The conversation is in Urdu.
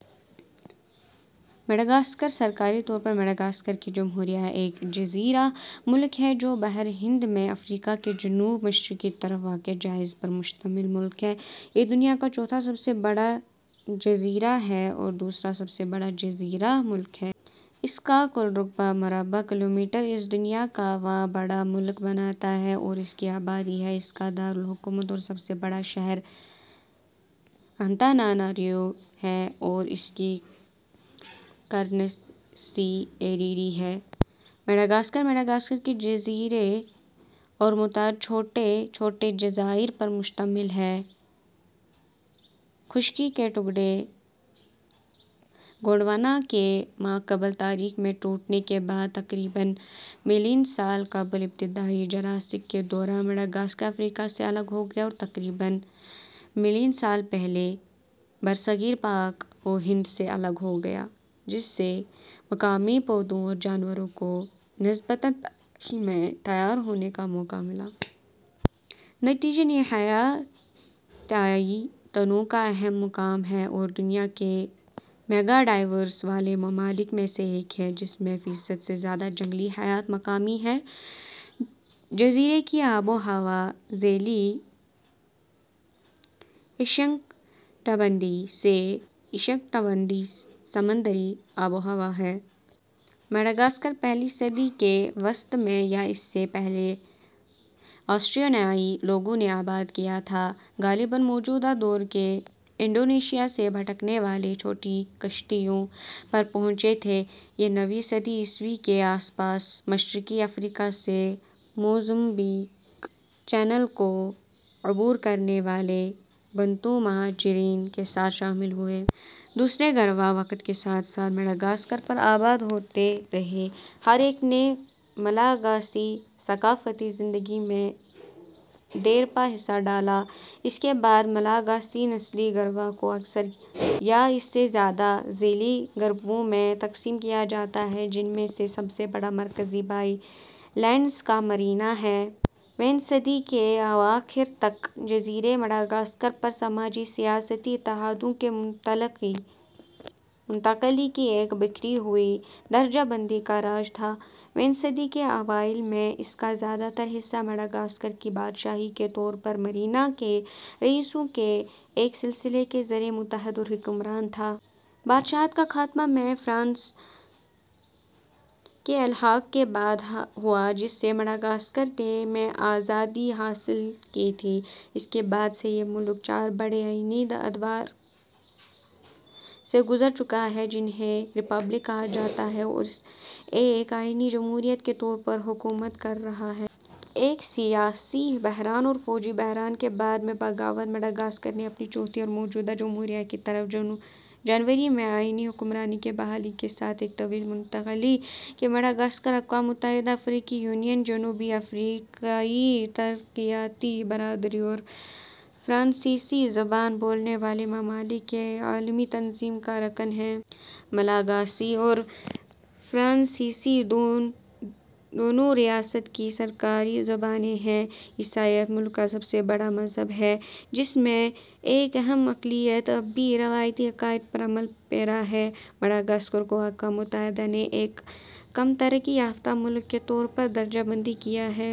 مڈغاسکر ،، سرکاری طور پر مڈغاسکر کی جمہوریہ، ایک جزیرہ ملک ہے جو بحر ہند میں افریقا کے جنوب مشرقی طرف واقع جزائر پر مشتمل ملک ہے۔ یہ دنیا کا چوتھا سب سے بڑا جزیرہ ہے اور دوسرا سب سے بڑا جزیرہ ملک ہے۔ اس کا کل رقبہ مربع کلومیٹر اسے دنیا کا واں بڑا ملک بناتا ہے۔ اور اس کے آبادی ہے ۔ اس کا دار الحکومت اور سب سے بڑا شہر انتاناناریوو ہے اور اس کی کرنسی ایریری ہے۔ مڈغاسکر، مڈغاسکر کے جزیرے اور متعدد چھوٹے چھوٹے جزائر پر مشتمل ہے۔ خشکی کے ٹکڑے، گونڈوانا کے ما قبل تاریخ میں ٹوٹنے کے بعد، تقریباً ملین سال قبل ابتدائی جراسک کے دوران مڈغاسکر افریقہ سے الگ ہو گیا اور تقریباً ملین سال پہلے برصغیر پاک و ہند سے الگ ہو گیا، جس سے مقامی پودوں اور جانوروں کو نسبتاً تنہائی میں تیار ہونے کا موقع ملا۔ نتیجتاً، یہ حیاتیاتی تنوع کا اہم مقام ہے اور دنیا کے میگا ڈائیورس والے ممالک میں سے ایک ہے، جس میں فیصد سے زیادہ جنگلی حیات مقامی ہیں۔ جزیرے کی آب و ہوا ذیلی اشنکٹبندیی سے اشنکٹبندیی سمندری آب و ہوا ہے۔ مڈغاسکر پہلی صدی کے وسط میں یا اس سے پہلے آسٹریونیائی لوگوں نے آباد کیا تھا، غالباً موجودہ دور کے انڈونیشیا سے بھٹکنے والے چھوٹی کشتیوں پر پہنچے تھے۔ یہ نویں صدی عیسوی کے آس پاس مشرقی افریقہ سے موزمبیق چینل کو عبور کرنے والے بنتو مہاجرین کے ساتھ شامل ہوئے۔ دوسرے گروہ وقت کے ساتھ ساتھ مڈغاسکر پر آباد ہوتے رہے، ہر ایک نے ملاگاسی ثقافتی زندگی میں دیرپا حصہ ڈالا۔ اس کے بعد، ملاگاسی نسلی گروہ کو اکثر یا اس سے زیادہ ذیلی گروپوں میں تقسیم کیا جاتا ہے، جن میں سے سب سے بڑا مرکزی ہائی لینڈز کا مرینا ہے۔ ویں صدی کے اواخر تک، جزیرے مڈغاسکر پر سماجی سیاسی اتحادوں کی منتقلی کی ایک بکھری ہوئی درجہ بندی کا راج تھا۔ ویں صدی کے اوائل میں، اس کا زیادہ تر حصہ مڈغاسکر کی بادشاہی کے طور پر مرینا کے رئیسوں کے ایک سلسلے کے ذریعے متحد اور حکمران تھا۔ بادشاہت کا خاتمہ میں فرانس کے الحاق کے بعد ہوا، جس سے مڈغاسکر نے میں آزادی حاصل کی تھی۔ اس کے بعد سے یہ ملک چار بڑے آئینی ادوار سے گذر چکا ہے، جنھیں ریپبلک کہا جاتا ہے اور سے ایک آئینی جمہوریت کے طور پر حکومت کر رہا ہے۔ ایک سیاسی بحران اور فوجی بحران کے بعد میں بغاوت، مڈغاسکر نے اپنی چوتھی اور موجودہ جمہوریہ کی طرف، جنوری میں آئینی حکمرانی کی بحالی کے ساتھ، ایک طویل منتقلی کی مڈغاسکر اقوام متحدہ، افریقی یونین، جنوبی افریقیائی ترقیاتی برادری اور فرانسیسی زبان بولنے والے ممالک کی عالمی تنظیم کا رکن ہے۔ ملاگاسی اور فرانسیسی دونوں ریاست کی سرکاری زبانیں ہیں۔ عیسائیت ملک کا سب سے بڑا مذہب ہے، جس میں ایک اہم اقلیت اب بھی روایتی عقائد پر عمل پیرا ہے۔ مڈغاسکر کو اقوام متحدہ نے ایک کم ترقی یافتہ ملک کے طور پر درجہ بندی کیا ہے۔